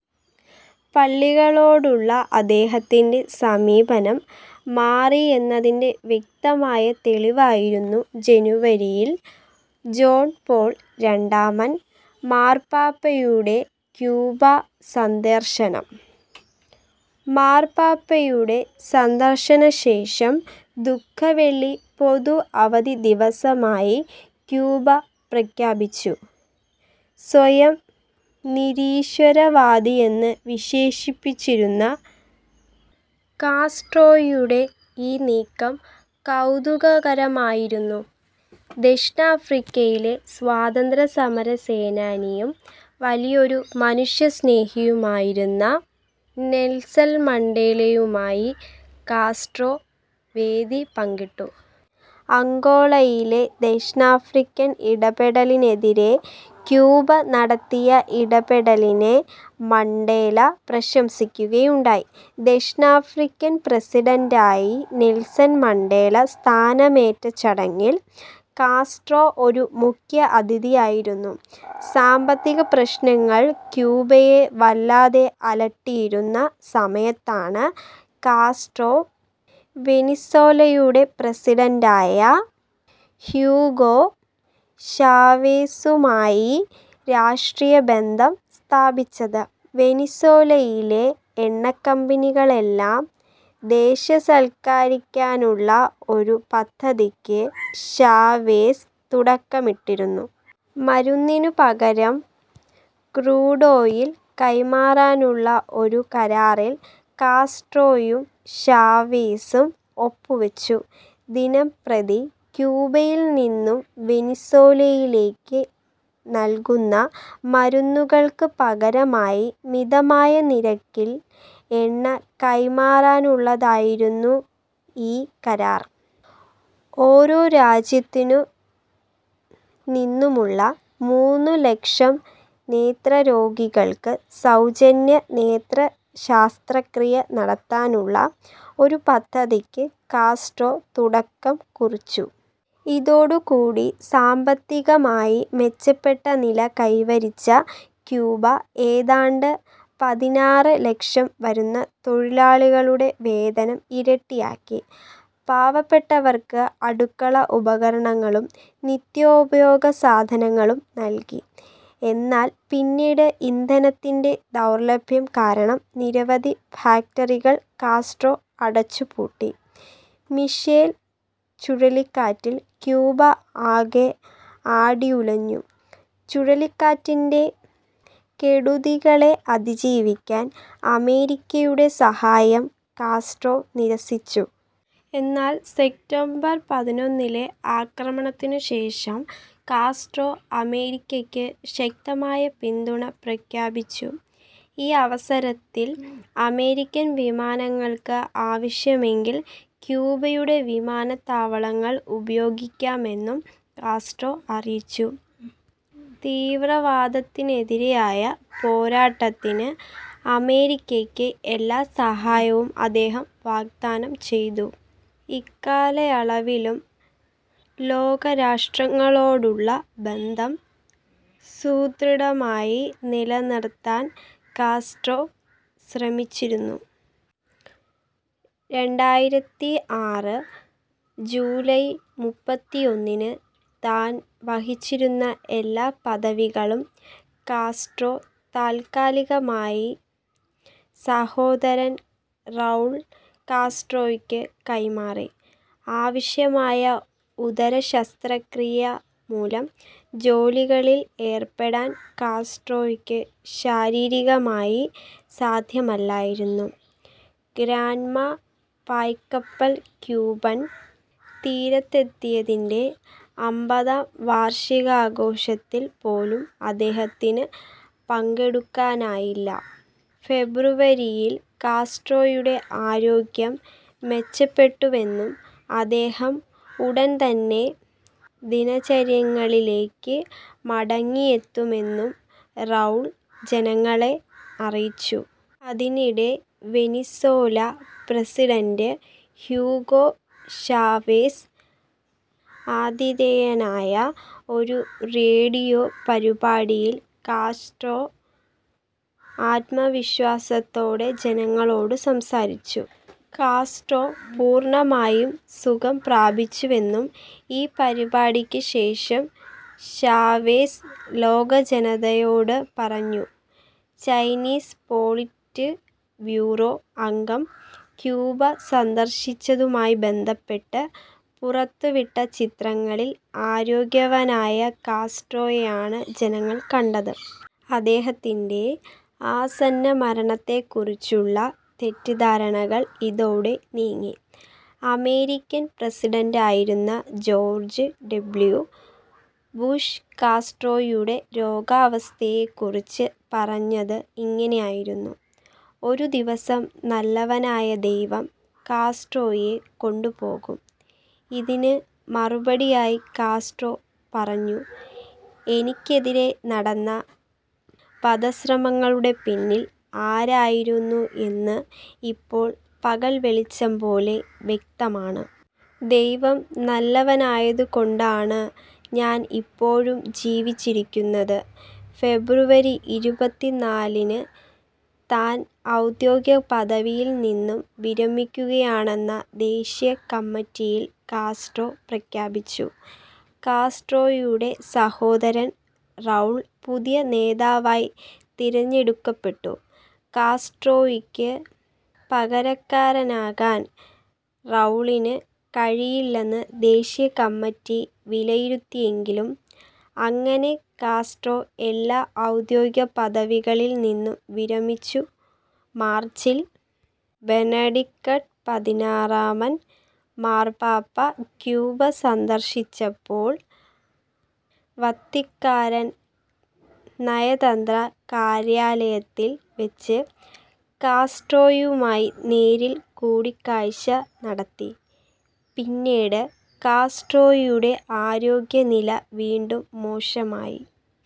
പള്ളികളോടുള്ള അദ്ദേഹത്തിൻ്റെ സമീപനം മാറിയെന്നതിൻ്റെ വ്യക്തമായ തെളിവായിരുന്നു ജനുവരിയിൽ ജോൺ പോൾ രണ്ടാമൻ മാർപ്പാപ്പയുടെ ക്യൂബ സന്ദർശനം. മാർപ്പാപ്പയുടെ സന്ദർശനശേഷം ദുഃഖവെള്ളി പൊതു അവധി ദിവസമായി ക്യൂബ പ്രഖ്യാപിച്ചു. സ്വയം നിരീശ്വരവാദിയെന്ന് വിശേഷിപ്പിച്ചിരുന്ന കാസ്ട്രോയുടെ ഈ നീക്കം കൗതുകകരമായിരുന്നു. ദക്ഷിണാഫ്രിക്കയിലെ സ്വാതന്ത്ര്യസമരസേനാനിയും വലിയൊരു മനുഷ്യസ്നേഹിയുമായിരുന്ന നെൽസൽ മണ്ടേലയുമായി കാസ്ട്രോ വേദി പങ്കിട്ടു. അംഗോളയിലെ ദക്ഷിണാഫ്രിക്കൻ ഇടപെടലിനെതിരേ ക്യൂബ നടത്തിയ ഇടപെടലിനെ മണ്ടേല പ്രശംസിക്കുകയുണ്ടായി. ദക്ഷിണാഫ്രിക്കൻ പ്രസിഡന്റായി നെൽസൺ മണ്ടേല സ്ഥാനമേറ്റ ചടങ്ങിൽ കാസ്ട്രോ ഒരു മുഖ്യ അതിഥിയായിരുന്നു. സാമ്പത്തിക പ്രശ്നങ്ങൾ ക്യൂബയെ വല്ലാതെ അലട്ടിയിരുന്ന സമയത്താണ് കാസ്ട്രോ വെനിസ്വേലയുടെ പ്രസിഡന്റായ ഹ്യൂഗോ ഷാവേസുമായി രാഷ്ട്രീയ ബന്ധം സ്ഥാപിച്ചത്. വെനിസ്വേലയിലെ എണ്ണക്കമ്പനികളെല്ലാം ദേശസാൽക്കരിക്കാനുള്ള ഒരു പദ്ധതിക്ക് ഷാവേസ് തുടക്കമിട്ടിരുന്നു. മരുന്നിനു പകരം ക്രൂഡ് ഓയിൽ കൈമാറാനുള്ള ഒരു കരാറിൽ കാസ്ട്രോയും ഷാവേസും ഒപ്പുവെച്ചു. ദിനംപ്രതി ക്യൂബയിൽ നിന്നും വെനിസ്വേലയിലേക്ക് നൽകുന്ന മരുന്നുകൾക്ക് പകരമായി മിതമായ നിരക്കിൽ എണ്ണ കൈമാറാനുള്ളതായിരുന്നു ഈ കരാർ. ഓരോ രാജ്യത്തിനു നിന്നുമുള്ള മൂന്നുലക്ഷം നേത്രരോഗികൾക്ക് സൗജന്യ നേത്രശാസ്ത്രക്രിയ നടത്താനുള്ള ഒരു പദ്ധതിക്ക് കാസ്ട്രോ തുടക്കം കുറിച്ചു. ഇതോടുകൂടി സാമ്പത്തികമായി മെച്ചപ്പെട്ട നില കൈവരിച്ച ക്യൂബ ഏതാണ്ട് പതിനാറ് ലക്ഷം വരുന്ന തൊഴിലാളികളുടെ വേതനം ഇരട്ടിയാക്കി. പാവപ്പെട്ടവർക്ക് അടുക്കള ഉപകരണങ്ങളും നിത്യോപയോഗ സാധനങ്ങളും നൽകി. എന്നാൽ പിന്നീട് ഇന്ധനത്തിൻ്റെ ദൗർലഭ്യം കാരണം നിരവധി ഫാക്ടറികൾ കാസ്ട്രോ അടച്ചുപൂട്ടി. മിഷേൽ ചുഴലിക്കാറ്റിൽ ക്യൂബ ആകെ ആടിയുലഞ്ഞു. ചുഴലിക്കാറ്റിൻ്റെ കെടുതികളെ അതിജീവിക്കാൻ അമേരിക്കയുടെ സഹായം കാസ്ട്രോ നിരസിച്ചു. എന്നാൽ സെപ്റ്റംബർ പതിനൊന്നിലെ ആക്രമണത്തിനു ശേഷം കാസ്ട്രോ അമേരിക്കയ്ക്ക് ശക്തമായ പിന്തുണ പ്രഖ്യാപിച്ചു. ഈ അവസരത്തിൽ അമേരിക്കൻ വിമാനങ്ങൾക്ക് ആവശ്യമെങ്കിൽ ക്യൂബയുടെ വിമാനത്താവളങ്ങൾ ഉപയോഗിക്കാമെന്നും കാസ്ട്രോ അറിയിച്ചു. തീവ്രവാദത്തിനെതിരെയായ പോരാട്ടത്തിന് അമേരിക്കയ്ക്ക് എല്ലാ സഹായവും അദ്ദേഹം വാഗ്ദാനം ചെയ്തു. ഇക്കാലയളവിലും ലോകരാഷ്ട്രങ്ങളോടുള്ള ബന്ധം സുദൃഢമായി നിലനിർത്താൻ കാസ്ട്രോ ശ്രമിച്ചിരുന്നു. രണ്ടായിരത്തി ആറ് ജൂലൈ മുപ്പത്തിയൊന്നിന് താൻ വഹിച്ചിരുന്ന എല്ലാ പദവികളും കാസ്ട്രോ താൽക്കാലികമായി സഹോദരൻ റൗൾ കാസ്ട്രോയ്ക്ക് കൈമാറി. ആവശ്യമായ ഉദരശസ്ത്രക്രിയ മൂലം ജോലികളിൽ ഏർപ്പെടാൻ കാസ്ട്രോയ്ക്ക് ശാരീരികമായി സാധ്യമല്ലായിരുന്നു. ഗ്രാന്മ പായ്ക്കപ്പൽ ക്യൂബൻ തീരത്തെത്തിയതിൻ്റെ അമ്പതാം വാർഷികാഘോഷത്തിൽ പോലും അദ്ദേഹത്തിന് പങ്കെടുക്കാനായില്ല. ഫെബ്രുവരിയിൽ കാസ്ട്രോയുടെ ആരോഗ്യം മെച്ചപ്പെട്ടുവെന്നും അദ്ദേഹം ഉടൻ തന്നെ ദിനചര്യങ്ങളിലേക്ക് മടങ്ങിയെത്തുമെന്നും റൗൾ ജനങ്ങളെ അറിയിച്ചു. അതിനിടെ വെനിസസ്വൊല പ്രസിഡന്റ് ഹ്യൂഗോ ഷാവേസ് ആതിഥേയനായ ഒരു റേഡിയോ പരിപാടിയിൽ കാസ്ട്രോ ആത്മവിശ്വാസത്തോടെ ജനങ്ങളോട് സംസാരിച്ചു. കാസ്ട്രോ പൂർണമായും സുഖം പ്രാപിച്ചുവെന്നും ഈ പരിപാടിക്ക് ശേഷം ഷാവേസ് ലോകജനതയോട് പറഞ്ഞു. ചൈനീസ് പോളിറ്റ് ബ്യൂറോ അംഗം ക്യൂബ സന്ദർശിച്ചതുമായി ബന്ധപ്പെട്ട് പുറത്തുവിട്ട ചിത്രങ്ങളിൽ ആരോഗ്യവാനായ കാസ്ട്രോയെയാണ് ജനങ്ങൾ കണ്ടത്. അദ്ദേഹത്തിൻ്റെ ആസന്നമരണത്തെക്കുറിച്ചുള്ള തെറ്റിദ്ധാരണകൾ ഇതോടെ നീങ്ങി. അമേരിക്കൻ പ്രസിഡന്റായിരുന്ന ജോർജ് ഡബ്ല്യു. ബുഷ് കാസ്ട്രോയുടെ രോഗാവസ്ഥയെക്കുറിച്ച് പറഞ്ഞത് ഇങ്ങനെയായിരുന്നു: ഒരു ദിവസം നല്ലവനായ ദൈവം കാസ്ട്രോയെ കൊണ്ടുപോകും. ഇതിന് മറുപടിയായി കാസ്ട്രോ പറഞ്ഞു എനിക്കെതിരെ നടന്ന വധശ്രമങ്ങളുടെ പിന്നിൽ ആരായിരുന്നു എന്ന് ഇപ്പോൾ പകൽവെളിച്ചം പോലെ വ്യക്തമാണ്. ദൈവം നല്ലവനായതുകൊണ്ടാണ് ഞാൻ ഇപ്പോഴും ജീവിച്ചിരിക്കുന്നത്."ഫെബ്രുവരി ഇരുപത്തിനാലിന് താൻ ഔദ്യോഗിക പദവിയിൽ നിന്നും വിരമിക്കുകയാണെന്ന ദേശീയ കമ്മിറ്റിയിൽ കാസ്ട്രോ പ്രഖ്യാപിച്ചു. കാസ്ട്രോയുടെ സഹോദരൻ റൗൾ പുതിയ നേതാവായി തിരഞ്ഞെടുക്കപ്പെട്ടു. കാസ്ട്രോയ്ക്ക് പകരക്കാരനാകാൻ റൗളിന് കഴിയില്ലെന്ന് ദേശീയ കമ്മിറ്റി വിലയിരുത്തിയെങ്കിലും, അങ്ങനെ കാസ്ട്രോ എല്ലാ ഔദ്യോഗിക പദവികളിൽ നിന്നും വിരമിച്ചു. മാർച്ചിൽ ബെനഡിക്കട്ട് പതിനാറാമൻ മാർപ്പാപ്പ ക്യൂബ സന്ദർശിച്ചപ്പോൾ വത്തിക്കാരൻ നയതന്ത്ര കാര്യാലയത്തിൽ വെച്ച് കാസ്ട്രോയുമായി നേരിൽ കൂടിക്കാഴ്ച നടത്തി. പിന്നീട് കാസ്ട്രോയുടെ ആരോഗ്യനില വീണ്ടും മോശമായി.